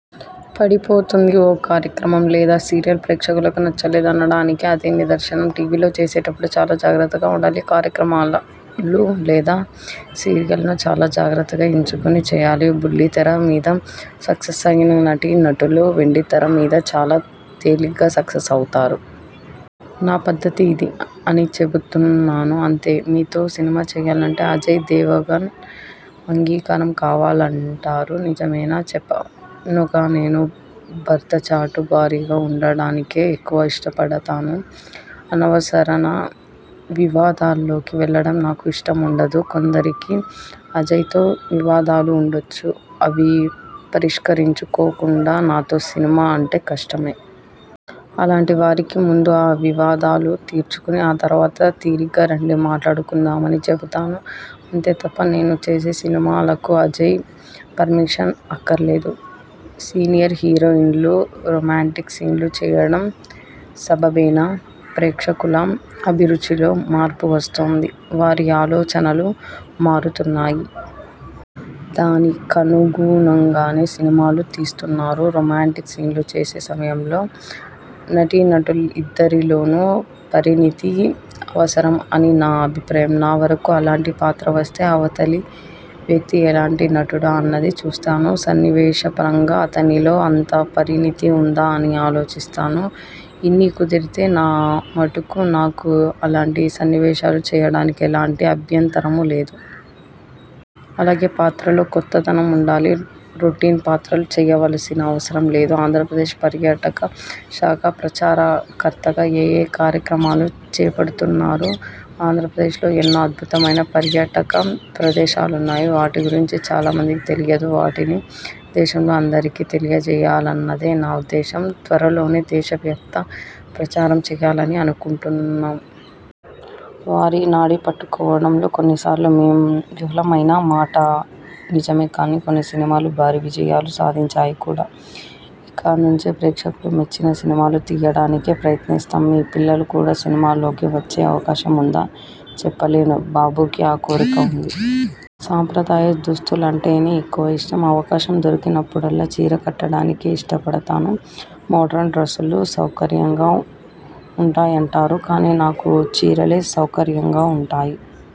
పడిపోతుంది. ఓ కార్యక్రమం లేదా సీరియల్ ప్రేక్షకులకు నచ్చలేదు అనడానికి అదే నిదర్శనం. టీవీలో చేసేటప్పుడు చాలా జాగ్రత్తగా ఉండాలి. కార్యక్రమాలు లేదా సీరియల్ను చాలా జాగ్రత్తగా ఎంచుకుని చేయాలి. బుల్లి తెర మీద సక్సెస్ అయిన నటీనటులు వెండితెర మీద చాలా తేలిగ్గా సక్సెస్ అవుతారు. నా పద్ధతి ఇది అని చెబుతున్నాను అంతే! మీతో సినిమా చేయాలంటే అజయ్ దేవగన్ అంగీకారం కావాలంటారు నిజమేనా? చెప్పానుగా నేను భర్త చాటు భార్యగా ఉండడానికే ఎక్కువ ఇష్టపడతాను. అనవసరన వివాదాల్లోకి వెళ్ళడం నాకు ఇష్టం ఉండదు. కొందరికి అజయ్ తో వివాదాలు ఉండొచ్చు అవి పరిష్కరించుకోకుండా నాతో సినిమా అంటే కష్టమే! అలాంటి వారికి ముందు ఆ వివాదాలు తీర్చుకుని ఆ తరువాత తీరిగ్గా రండి మాట్లాడుకుందామని చెబుతాను. అంతే తప్ప నేను చేసే సినిమాలకు అజయ్ పర్మిషన్ అక్కర్లేదు. సీనియర్ హీరోయిన్లు రొమాంటిక్ సీన్లు చేయడం సబబేనా? ప్రేక్షకుల అభిరుచిలో మార్పు వస్తోంది. వారి ఆలోచనలూ మారుతున్నాయి. దానికనుగుణంగానే సినిమాలూ తీస్తున్నారు. రొమాంటిక్ సీన్లు చేసే సమయంలో నటీనటులిద్దరిలోనూ పరిణితి అవసరం అని నా అభిప్రాయం. నా వరకూ అలాంటి పాత్ర వస్తే అవతలి వ్యక్తి ఎలాంటి నటుడు? అన్నది చూస్తాను. సన్నివేశపరంగా అతనిలో అంత పరిణితి ఉందా అని ఆలోచిస్తాను. ఇన్ని కుదిరితే నా మటుకు నాకు అలాంటి సన్నివేశాలు చేయడానికి ఎలాంటి అభ్యంతరమూ లేదు. అలాగే పాత్రలో కొత్తదనం ఉండాలి. రొటీన్ పాత్రలూ చేయవలసిన అవసరం లేదు. ఆంధ్రప్రదేశ్ పర్యాటక శాఖ ప్రచారకర్తగా ఏఏ కార్యక్రమాలు చేపడుతున్నారు? ఆంధ్రప్రదేశ్లో ఎన్నో అద్భుతమైన పర్యాటక ప్రదేశాలున్నాయి. వాటి గురించి చాలామందికి తెలియదు. వాటిని దేశంలో అందరికీ తెలియజేయాలన్నదే నా ఉద్దేశం. త్వరలోనే దేశవ్యాప్త ప్రచారం చేయాలని అనుకుంటున్నాం. వారి నాడి పట్టుకోవడంలో కొన్నిసార్లు మేం విఫలం అయిన మాట నిజమే కానీ, కొన్ని సినిమాలు భారీ విజయాలు సాధించాయి కూడా! ఇక నుంచి ప్రేక్షకులు మెచ్చిన సినిమాలు తీయడానికే ప్రయత్నిస్తాం. మీ పిల్లలు కూడా సినిమాల్లోకి వచ్చే అవకాశం ఉందా? చెప్పలేను. బాబుకి ఆ కోరిక ఉంది. సంప్రదాయ దుస్తులంటేనే ఎక్కువ ఇష్టం. అవకాశం దొరికినప్పుడల్లా చీర కట్డడానికే ఇష్టపడతాను. మోడ్రన్ డ్రస్సులు సౌకర్యంగా ఉంటాయంటారు కానీ నాకు చీరలే సౌకర్యంగా ఉంటాయి.